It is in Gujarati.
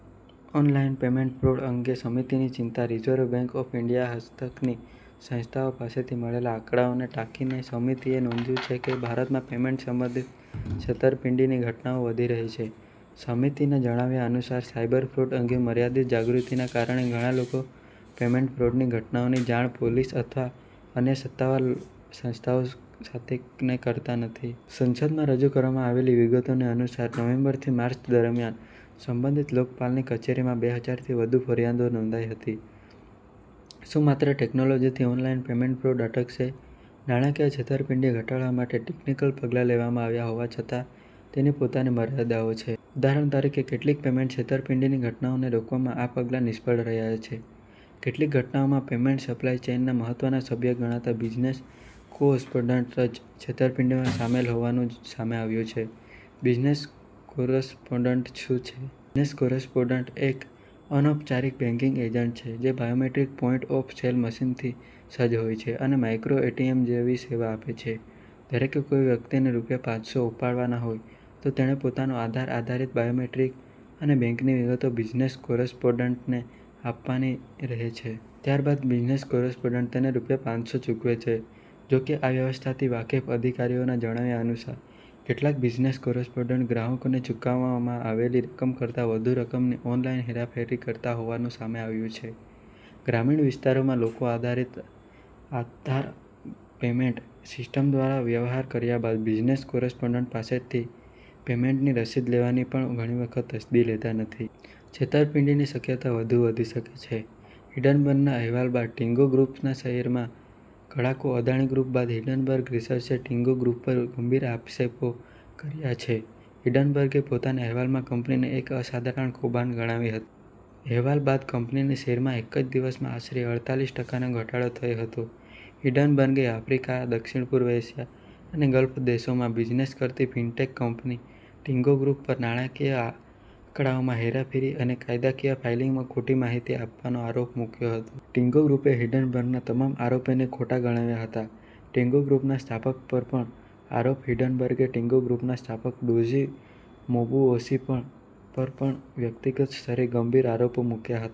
ઓનલાઈન પેમેન્ટ ફ્રોડ અંગે સમિતિની ચિંતા રિઝર્વ બેંક ઓફ ઈન્ડિયા હસ્તકની સંસ્થાઓ પાસેથી મળેલા આંકડાઓને ટાંકીને સમિતિએ નોંધ્યું છે કે ભારતમાં પેમેન્ટ સંબંધિત છેતરપિંડીની ઘટનાઓ વધી રહી છે. સમિતિના જણાવ્યા અનુસાર, સાયબર ફ્રોડ અંગે મર્યાદિત જાગૃતિના કારણે ઘણા લોકો પેમેન્ટ ફ્રોડની ઘટનાઓની જાણ પોલીસ અથવા અન્ય સત્તાવાર સંસ્થાઓને કરતા નથી. સંસદમાં રજૂ કરવામાં આવેલી વિગતો અનુસાર, નવેમ્બરથી માર્ચ દરમિયાન સંબંધિત લોકપાલની કચેરીમાં બે હજારથી વધુ ફરિયાદો નોંધાઈ હતી. શું માત્ર ટેક્નોલોજીથી ઓનલાઈન પેમેન્ટ ફ્રોડ અટકશે? નાણાકીય છેતરપિંડી ઘટાડવા માટે ટેક્નિકલ પગલાં લેવામાં આવ્યા હોવા છતાં તેની પોતાની મર્યાદાઓ છે. ઉદાહરણ તરીકે, કેટલીક પેમેન્ટ છેતરપિંડીની ઘટનાઓને રોકવામાં આ પગલાં નિષ્ફળ રહ્યા છે. કેટલીક ઘટનાઓમાં પેમેન્ટ સપ્લાય ચેઇનના મહત્વના સભ્ય ગણાતા બિઝનેસ કોરસ્પોન્ડન્ટ જ છેતરપિંડીમાં સામેલ હોવાનું સામે આવ્યું છે. બિઝનેસ કોરસ્પોન્ડન્ટ શું છે? બિઝનેસ કોરસ્પોન્ડન્ટ એક અનૌપચારિક બેંકિંગ એજન્ટ છે, જે બાયોમેટ્રિક પોઈન્ટ-ઓફ-સેલ મશીનથી સજ્જ હોય છે અને માઇક્રો-એટીએમ જેવી સેવા આપે છે. ધારો કે કોઈ વ્યક્તિને રૂપિયા પાંચસો ઉપાડવાના હોય. તો તેણે પોતાનું આધાર આધારિત બાયોમેટ્રિક અને બેંકની વિગતો બિઝનેસ કોરસ્પોન્ડન્ટને આપવાની રહે છે. ત્યારબાદ બિઝનેસ કોરસ્પોન્ડન્ટ તેને રૂપિયા પાંચસો ચૂકવે છે. જોકે, આ વ્યવસ્થાથી વાકેફ અધિકારીઓના જણાવ્યા અનુસાર, કેટલાક બિઝનેસ કોરસ્પોન્ડન્ટ ગ્રાહકોને ચૂકવવામાં આવેલી રકમ કરતાં વધુ રકમની ઓનલાઈન હેરાફેરી કરતા હોવાનું સામે આવ્યું છે. ગ્રામીણ વિસ્તારોમાં લોકો આધાર આધારિત પેમેન્ટ સિસ્ટમ દ્વારા વ્યવહાર કર્યા બાદ બિઝનેસ કોરસ્પોન્ડન્ટ પાસેથી પેમેન્ટની રસીદ લેવાની પણ ઘણી વખત તસ્દી લેતા નથી. છેતરપિંડીની શક્યતા વધુ વધી શકે છે. હિંડનબર્ગના અહેવાલ બાદ ટિન્ગો ગ્રૂપના શેરમાં કડાકો અદાણી ગ્રૂપ બાદ હિંડનબર્ગ રિસર્ચે ટિન્ગો ગ્રૂપ પર ગંભીર આક્ષેપો કર્યા છે. હિંડનબર્ગે પોતાના અહેવાલમાં કંપનીને “એક અસાધારણ કૌભાંડ” ગણાવી હતી. અહેવાલ બાદ કંપનીના શેરમાં એક જ દિવસમાં આશરે અડતાળીસ ટકાનો ઘટાડો થયો હતો. હિંડનબર્ગે આફ્રિકા, દક્ષિણપૂર્વ એશિયા અને ગલ્ફ દેશોમાં બિઝનેસ કરતી ફિનટેક કંપની ટિન્ગો ગ્રૂપ પર નાણાકીય આંકડાઓમાં હેરાફેરી અને કાયદાકીય ફાઇલિંગમાં ખોટી માહિતી આપવાનો આરોપ મૂક્યો હતો. ટિન્ગો ગ્રૂપે હિંડનબર્ગના તમામ આરોપોને ખોટા ગણાવ્યા હતા. ટિન્ગો ગ્રૂપના સ્થાપક પર પણ આરોપ હિંડનબર્ગે ટિન્ગો ગ્રૂપના સ્થાપક ડોઝી મોબુઓસી પર પણ વ્યક્તિગત સ્તરે ગંભીર આરોપો મૂક્યા હતા.